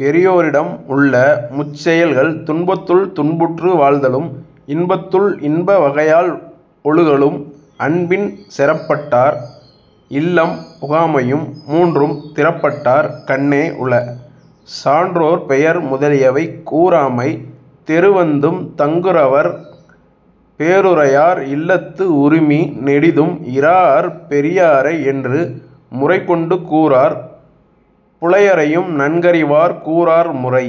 பெரியோரிடம் உள்ள முச்செயல்கள் துன்பத்துள் துன்புற்று வாழ்தலும் இன்பத்துள் இன்ப வகையால் ஒழுகலும் அன்பின் செறப்பட்டார் இல்லம் புகாமையும் மூன்றும் திறப்பட்டார் கண்ணே உள. சான்றோர் பெயர் முதலியவை கூறாமை தெறுவந்தும் தங்குரவர் பேருரையார் இல்லத்து உறுமி நெடிதும் இராஅர் பெரியாரை என்று முறைகொண்டு கூறார் புலையரையும் நன்கறிவார் கூறார் முறை.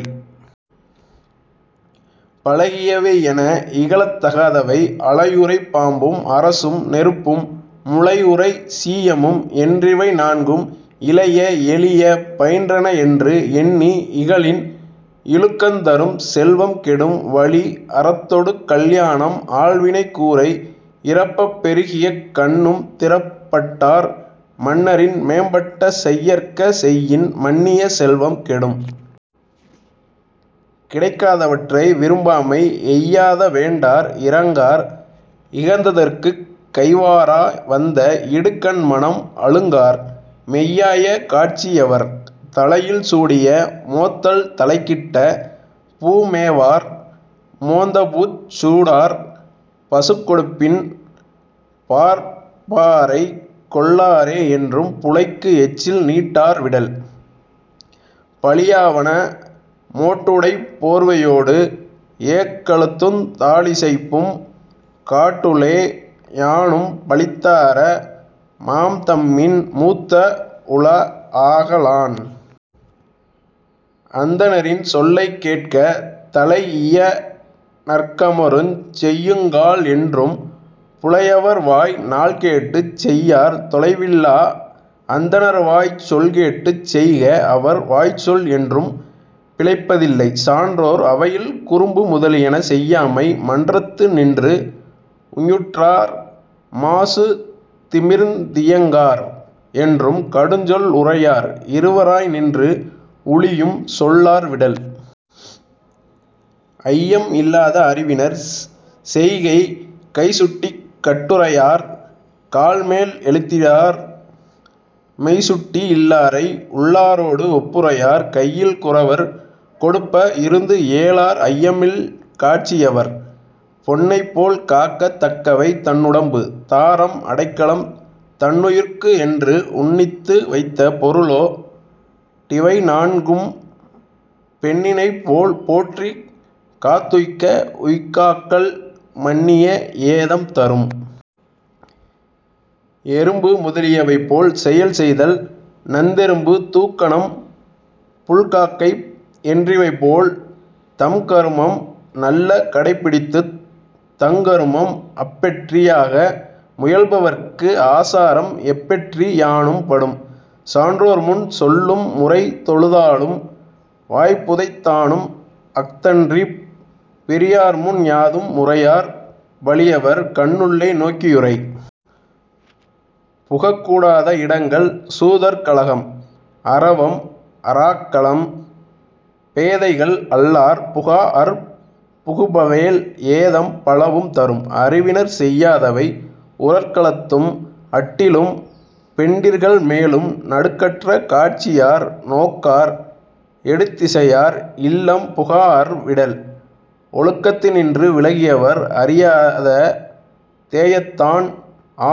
பழகியவை என இகழத் தகாதவை அளையுறை பாம்பும் அரசும் நெருப்பும் முழைஉறை சீயமும் என்றிவை நான்கும் இளைய எளிய பயின்றனஎன்று எண்ணி இகழின் இழுக்கந் தரும். செல்வம் கெடும் வழி அறத்தொடு கல்யாணம் ஆள்வினை கூரை இறப்பப் பெருகியக் கண்ணும் திறப்பட்டார் மன்னரின் மேம்பட்ட செய்யற்க செய்யின் மன்னிய செல்வம் கெடும். கிடைக்காதவற்றை விரும்பாமை எய்யாத வேண்டார் இரங்கார் இகந்ததற்குக் கைவாரா வந்த இடுக்கண் மனம் அழுங்கார் மெய்யாய காட்சி யவர். தலையில் சூடிய மோத்தல் தலைக்கிட்ட பூமேவார் மோந்தபூச் சூடார் பசுக்கொடுப்பின் பார்ப்பார்கைக் கொள்ளாரே என்றும் புலைக்கு எச்சில் நீட்டார் விடல். பழியாவன மோட்டுடைப் போர்வையோடு ஏக்கழுத்துந் தாளிசைப்பும் காட்டுளே யானும் பழித்தார மாம்தம்மின் மூத்த உளஆக லான். அந்தணரின் சொல்லைக் கேட்க தலைஇய நற்கருமஞ் செய்யுங்கால் என்றும் புலையர்வாய் நாள்கேட்டுச் செய்யார் தொலைவில்லா அந்தணர்வாய்ச் சொல்கேட்டுச் செய்க அவர் வாய்ச்சொல் என்றும் பிழைப்ப தில்லை. சான்றோர் அவையில் குறும்பு முதலியன செய்யாமை மன்றத்து நின்று உஞற்றார் மாசுதிமிர்ந் தியங்கார் என்றும் கடுஞ்சொல் உரையார் இருவராய் நின்று உழியும் செல்லார் விடல். ஐயம் இல்லாத அறிவினர் செய்கை கைசுட்டிக் கட்டுரையார் கால்மேல் எழுத்திடார் மெய்சுட்டி இல்லாரை உள்ளாரோடு ஒப்புரையார் கையில் குரவர் கொடுப்ப இருந்துஏலார் ஐயமில் காட்சி யவர். பொன்னைப் போல் காக்கத் தக்கவை தன்னுடம்பு தாரம் அடைக்கலம் தன்னுயிர்க்குஎன்று உன்னித்து வைத்த பொருளோ டிவைநான்கும் பொன்னினைப் போல்போற்றிக் காத்துய்க்க உய்க்காக்கால் மன்னிய ஏதம் தரும். எறும்பு முதலியவை போல் செயல் செய்தல் நந்தெறும்பு தூக்கணம் புள்காக்கை என்றிவைபோல் தம்கருமம் நல்ல கடைப்பிடித்துத் தங்கருமம் அப்பெற்றி யாக முயல்பவர்க்கு ஆசாரம் எப்பெற்றி யானும் படும். சான்றோர் முன் சொல்லும் முறை தொழுதாலும் வாய்புதைத் தானும் அஃதன்றிப் பெரியார்முன் யாதும் உரையார் பழியவர் கண்ணுள்ளே நோக்கி யுரை. புகக் கூடாத இடங்கள் சூதர் கழகம் அரவம் அறாக்களம் பேதைகள் அல்லார் புகாஅர் புகுபவேல் ஏதம் பலவும் தரும். அறிவினர் செய்யாதவை உரற்களத்தும் அட்டிலும் பெண்டிர்கள் மேலும் நடுக்கற்ற காட்சியார் நோக்கார் எடுத்திசையார் இல்லம் புகாஅர் விடல். ஒழுக்கத்தினின்று விலகியவர் அறியாத தேயத்தான்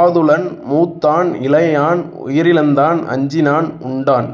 ஆதுலன் மூத்தான் இளையான் உயிரிழந்தான் அஞ்சினான் உண்டான்